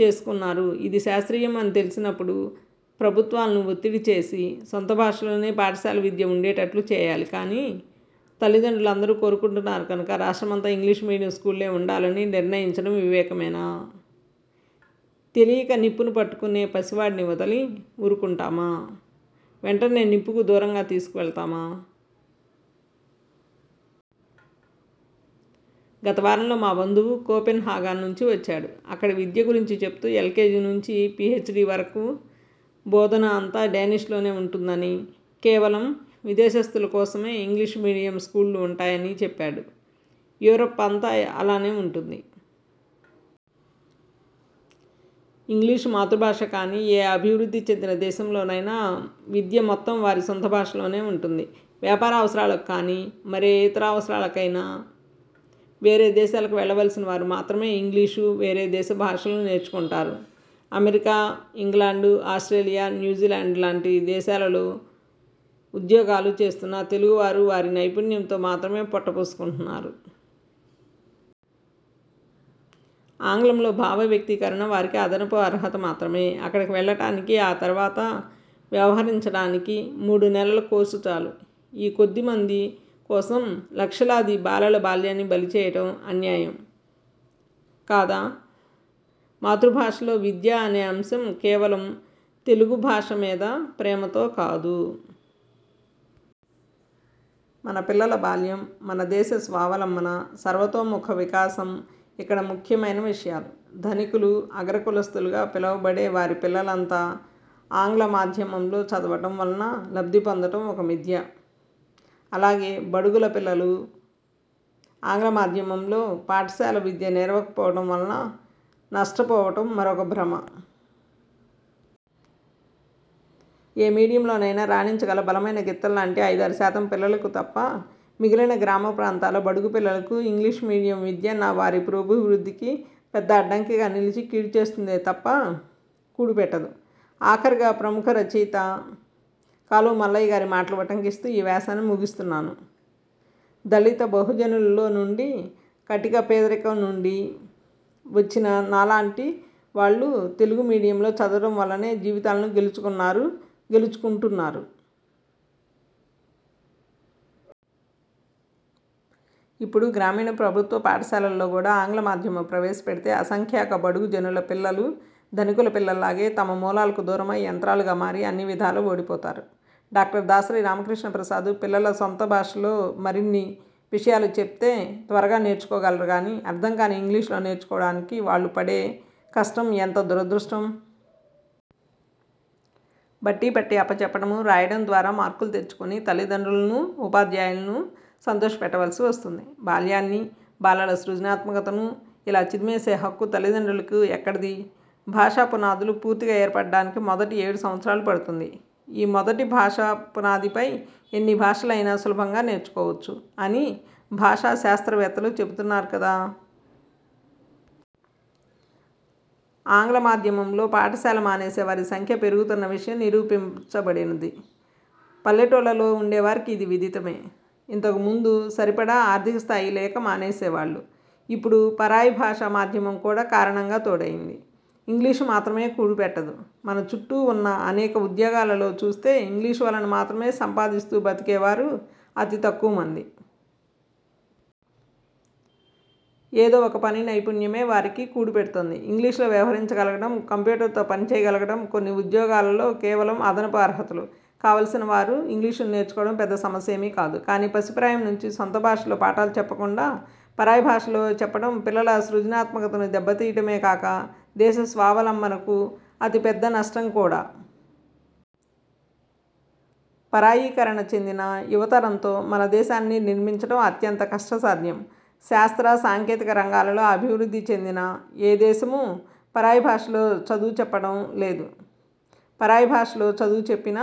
చేసుకున్నారు? ఇది శాస్త్రీయం అని తెలిసినపుడు ప్రభుత్వాలను వత్తిడి చేసి సొంత భాషలోనే పాఠశాల విద్య ఉండేటట్లు చేయాలి కానీ, తల్లిదండ్రులందరూ కోరుకుంటున్నారు కనుక రాష్ట్రమంతా ఇంగ్లీషు మీడియం స్కూళ్ళే ఉండాలని నిర్ణయించడం వివేకమేనా? తెలియక నిప్పును పట్టుకునే పసివాడిని వదలి ఊరుకుంటామా? వెంటనే నిప్పుకు దూరంగా తీసుకువెళ్తామా? గత వారంలో మా బంధువు కోపెన్ హాగాన్ నుంచి వచ్చాడు. అక్కడి విద్య గురించి చెబుతూ ఎల్కేజీ నుంచి పీహెచ్డీ వరకూ బోధన అంతా డేనిష్ లోనే ఉంటుందనీ, కేవలం విదేశస్తుల కోసమే ఇంగ్లీష్ మీడియం స్కూళ్ళు ఉంటాయనీ చెప్పాడు. యూరప్ అంతా అలానే ఉంటుంది. ఇంగ్లీష్ మాతృభాష కాని ఏ అభివృద్ధి చెందిన దేశంలోనైనా విద్య మొత్తం వారి సొంత భాషలోనే ఉంటుంది. వ్యాపారావసరాలకు కానీ, మరే ఇతర అవరసరాలకైనా వేరే దేశాలకు వెళ్ళవలసిన వారు మాత్రమే ఇంగ్లీషూ, వేరే దేశ భాషలూ నేర్చుకుంటారు. అమెరికా, ఇంగ్లాండ్, ఆస్ట్రేలియా, న్యూజిలాండ్ లాంటి దేశాలలో ఉద్యోగాలు చేస్తున్న తెలుగువారు వారి నైపుణ్యంతో మాత్రమే పొట్టకోసుకుంటున్నారు. ఆంగ్లంలో భావ వ్యక్తీకరణ వారికి అదనపు అర్హత మాత్రమే. అక్కడికి వెళ్ళడానికి, ఆ తర్వాత వ్యవహరించడానికి మూడు నెలల కోర్సు చాలు. ఈ కొద్ది మంది కోసం లక్షలాది బాలల బాల్యాన్ని బలిచేయడం అన్యాయం కాదా? మాతృభాషలో విద్య అనే అంశం కేవలం తెలుగు భాష మీద ప్రేమతో కాదు. మన పిల్లల బాల్యం, మన దేశ స్వావలంబన, సర్వతోముఖ వికాసం ఇక్కడ ముఖ్యమైన విషయాలు. ధనికులు, అగ్ర కులస్తులుగా పిలవబడే వారి పిల్లలంతా ఆంగ్ల మాధ్యమంలో చదవడం వలన లబ్ధి పొందడం ఒక మిథ్య. అలాగే బడుగుల పిల్లలు ఆంగ్ల మాధ్యమంలో పాఠశాల విద్య నేర్వకపోవడం వలన నష్టపోవడం మరొక భ్రమ. ఏ మీడియంలోనైనా రాణించగల బలమైన గిత్తల్లాంటి ఐదారు శాతం పిల్లలకు తప్ప మిగిలిన గ్రామ ప్రాంతాల బడుగు పిల్లలకు ఇంగ్లీష్ మీడియం విద్య వారి పురోభివృద్ధికి పెద్ద అడ్డంకిగా నిలిచి, కీడు చేస్తుందే తప్ప కూడు పెట్టదు. ఆఖరుగా ప్రముఖ రచయిత ''కాలువ మల్లయ్య'' గారి మాటలు ఉటంకిస్తూ ఈ వ్యాసాన్ని ముగిస్తున్నాను: ''దళిత బహుజనుల్లో నుండి, కటిక పేదరికం నుండి వచ్చిన నాలాంటి వాళ్ళు తెలుగు మీడియంలో చదవడం వల్లనే జీవితాలను గెలుచుకొన్నారు, గెలుచుకొంటున్నారు. ఇప్పుడు గ్రామీణ ప్రభుత్వ పాఠశాలల్లో గూడ ఆంగ్ల మాధ్యమం ప్రవేశపెడితే, అసంఖ్యాక బడుగు జనుల పిల్లలు ధనికుల పిల్లల్లాగే తమ మూలాలకు దూరమై, యంత్రాలుగా మారి, అన్ని విధాలా ఓడిపోతారు. ''డాక్టర్ దాసరి రామకృష్ణ ప్రసాదు పిల్లల సొంత భాషలో మరిన్ని విషయాలు చెప్తే త్వరగా నేర్చుకోగలరు గానీ, అర్థంకాని ఇంగ్లీషులో నేర్చుకోడానికి వాళ్ళు పడే కష్టం ఎంత దురదృష్టం! బట్టీ పట్టి అప్పచెప్పటమూ, రాయడం ద్వారా మార్కులు తెచ్చుకుని తలిదండ్రులనూ, ఉపాధ్యాయులనూ సంతోషపెట్టవలసి వస్తుంది. బాల్యాన్నీ, బాలల సృజనాత్మకతనూ ఇలా చిదిమేసే హక్కు తల్లిదండ్రులకు ఎక్కడిది? ''భాషా పునాదులు పూర్తిగా ఏర్పడటానికి మొదటి ఏడు సంవత్సరాలు పడుతుంది. ఈ మొదటి భాష పునాదిపై ఎన్ని భాషలయినా సులభంగా నేర్చుకోవచ్చు'' అని భాషా శాస్త్రవేత్తలు చెబుతున్నారు కదా! ఆంగ్ల మాధ్యమంలో పాఠశాల మానేసేవారి సంఖ్య పెరుగుతున్న విషయం నిరూపించబడినది. పల్లెటూళ్ళలో ఉండేవారికి ఇది విదితమే! ఇంతకు ముందు సరిపడా ఆర్థిక స్థాయి లేక మానేసేవాళ్ళు; ఇప్పుడు పరాయిభాషా మాధ్యమం కూడా కారణంగా తోడయ్యింది. ఇంగ్లీష్ మాత్రమే కూడు పెట్టదు. మన చుట్టూ ఉన్న అనేక ఉద్యోగాలలో చూస్తే ఇంగ్లీష్ వలన మాత్రమే సంపాదిస్తూ బ్రతికేవారు అతి తక్కువమంది. ఏదో ఒక పని నైపుణ్యమే వారికి కూడు పెడ్తోంది. ఇంగ్లీషులో వ్యవహరించగలగడం, కంప్యూటర్తో పనిచేయగలగడం కొన్ని ఉద్యోగాలలో కేవలం అదనపు అర్హతలు. కావలసిన వారు ఇంగ్లీషును నేర్చుకోవడం పెద్ద సమస్యేమీ కాదు. కానీ పసిప్రాయం నుంచీ సొంత భాషలో పాఠాలు చెప్పకుండా పరాయి భాషలో చెప్పడం పిల్లల సృజనాత్మకతను దెబ్బతీయడమే కాక, దేశ స్వావలంబనకు అతి పెద్ద నష్టం కూడా. పరాయీకరణ చెందిన యువతరంతో మన దేశాన్ని నిర్మించడం అత్యంత కష్ట సాధ్యం. శాస్త్ర, సాంకేతిక రంగాలలో అభివృద్ధి చెందిన ఏ దేశమూ పరాయి భాషలో చదువు చెప్పడం లేదు. పరాయి భాషలో చదువు చెప్పిన